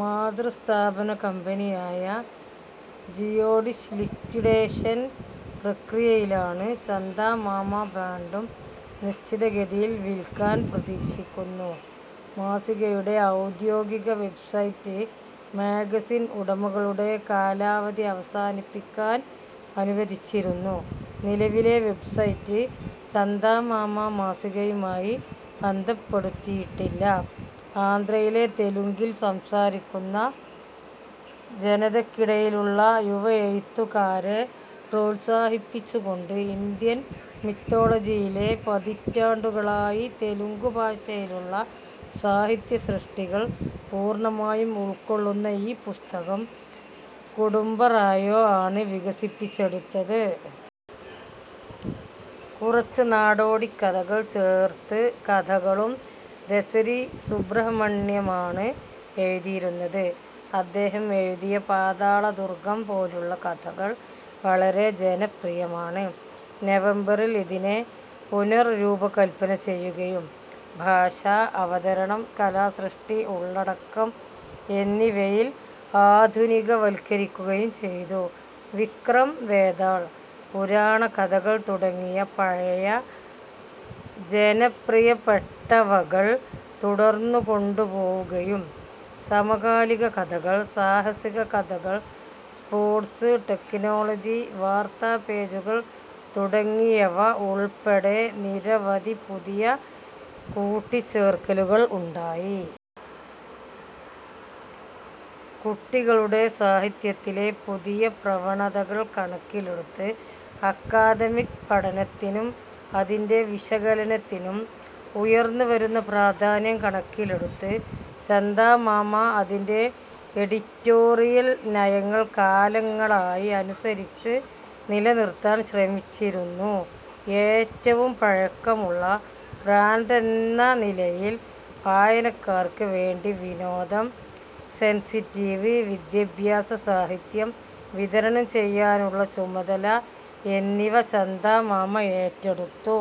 മാതൃസ്ഥാപന കമ്പനിയായ Geodesic liquidation പ്രക്രിയയിലാണ്, ചന്ദാമാമ ബ്രാൻഡും നിശ്ചിത ഗതിയിൽ വിൽക്കാൻ പ്രതീക്ഷിക്കുന്നു. മാസികയുടെ ഔദ്യോഗിക വെബ്സൈറ്റ് മാഗസിൻ ഉടമകളുടെ കാലാവധി അവസാനിപ്പിക്കാൻ അനുവദിച്ചിരുന്നു. നിലവിലെ വെബ്സൈറ്റ് ചന്ദാമാമ മാസികയുമായി ബന്ധപ്പെടുത്തിയിട്ടില്ല. ആന്ധ്രയിലെ തെലുങ്കിൽ സംസാരിക്കുന്ന ജനതയ്ക്കിടയിലുള്ള യുവ എഴുത്തുകാരെ പ്രോത്സാഹിപ്പിച്ചുകൊണ്ട് ഇന്ത്യൻ മിത്തോളജിയിലെ പതിറ്റാണ്ടുകളായി തെലുങ്കു ഭാഷയിലുള്ള സാഹിത്യസൃഷ്ടികൾ പൂർണ്ണമായും ഉൾക്കൊള്ളുന്ന ഈ പുസ്തകം കുടുംബറായോ ആണ് വികസിപ്പിച്ചെടുത്തത്. കുറച്ച് നാടോടിക്കഥകൾ ചേർത്ത് കഥകളും ദസരി സുബ്രഹ്മണ്യമാണ് എഴുതിയിരുന്നത്. അദ്ദേഹം എഴുതിയ പാതാള ദുർഗം പോലുള്ള കഥകൾ വളരെ ജനപ്രിയമാണ്. നവംബറിൽ ഇതിനെ പുനർരൂപകൽപ്പന ചെയ്യുകയും ഭാഷ, അവതരണം, കലാസൃഷ്ടി, ഉള്ളടക്കം എന്നിവയിൽ ആധുനികവൽക്കരിക്കുകയും ചെയ്തു. വിക്രം-വേതാൾ, പുരാണ കഥകൾ തുടങ്ങിയ പഴയ ജനപ്രിയപ്പെട്ടവകൾ തുടർന്നുകൊണ്ടുപോവുകയും, സമകാലിക കഥകൾ, സാഹസിക കഥകൾ, സ്പോർട്സ്, ടെക്നോളജി, വാർത്താ പേജുകൾ തുടങ്ങിയവ ഉൾപ്പെടെ നിരവധി പുതിയ കൂട്ടിച്ചേർക്കലുകൾ ഉണ്ടായി. കുട്ടികളുടെ സാഹിത്യത്തിലെ പുതിയ പ്രവണതകൾ കണക്കിലെടുത്ത്, അക്കാദമിക് പഠനത്തിനും അതിന്റെ വിശകലനത്തിനും ഉയർന്നുവരുന്ന പ്രാധാന്യം കണക്കിലെടുത്ത്, ചന്ദാമാമ അതിന്റെ എഡിറ്റോറിയൽ നയങ്ങൾ കാലങ്ങളായി അനുസരിച്ച് നിലനിർത്താൻ ശ്രമിച്ചിരുന്നു. ഏറ്റവും പഴക്കമുള്ള ബ്രാൻഡെന്ന നിലയിൽ, വായനക്കാർക്ക് വേണ്ടി വിനോദം, സെൻസിറ്റീവ്, വിദ്യാഭ്യാസ സാഹിത്യം, വിതരണം ചെയ്യാനുള്ള ചുമതല എന്നിവ ചന്ദാമാമ ഏറ്റെടുത്തു.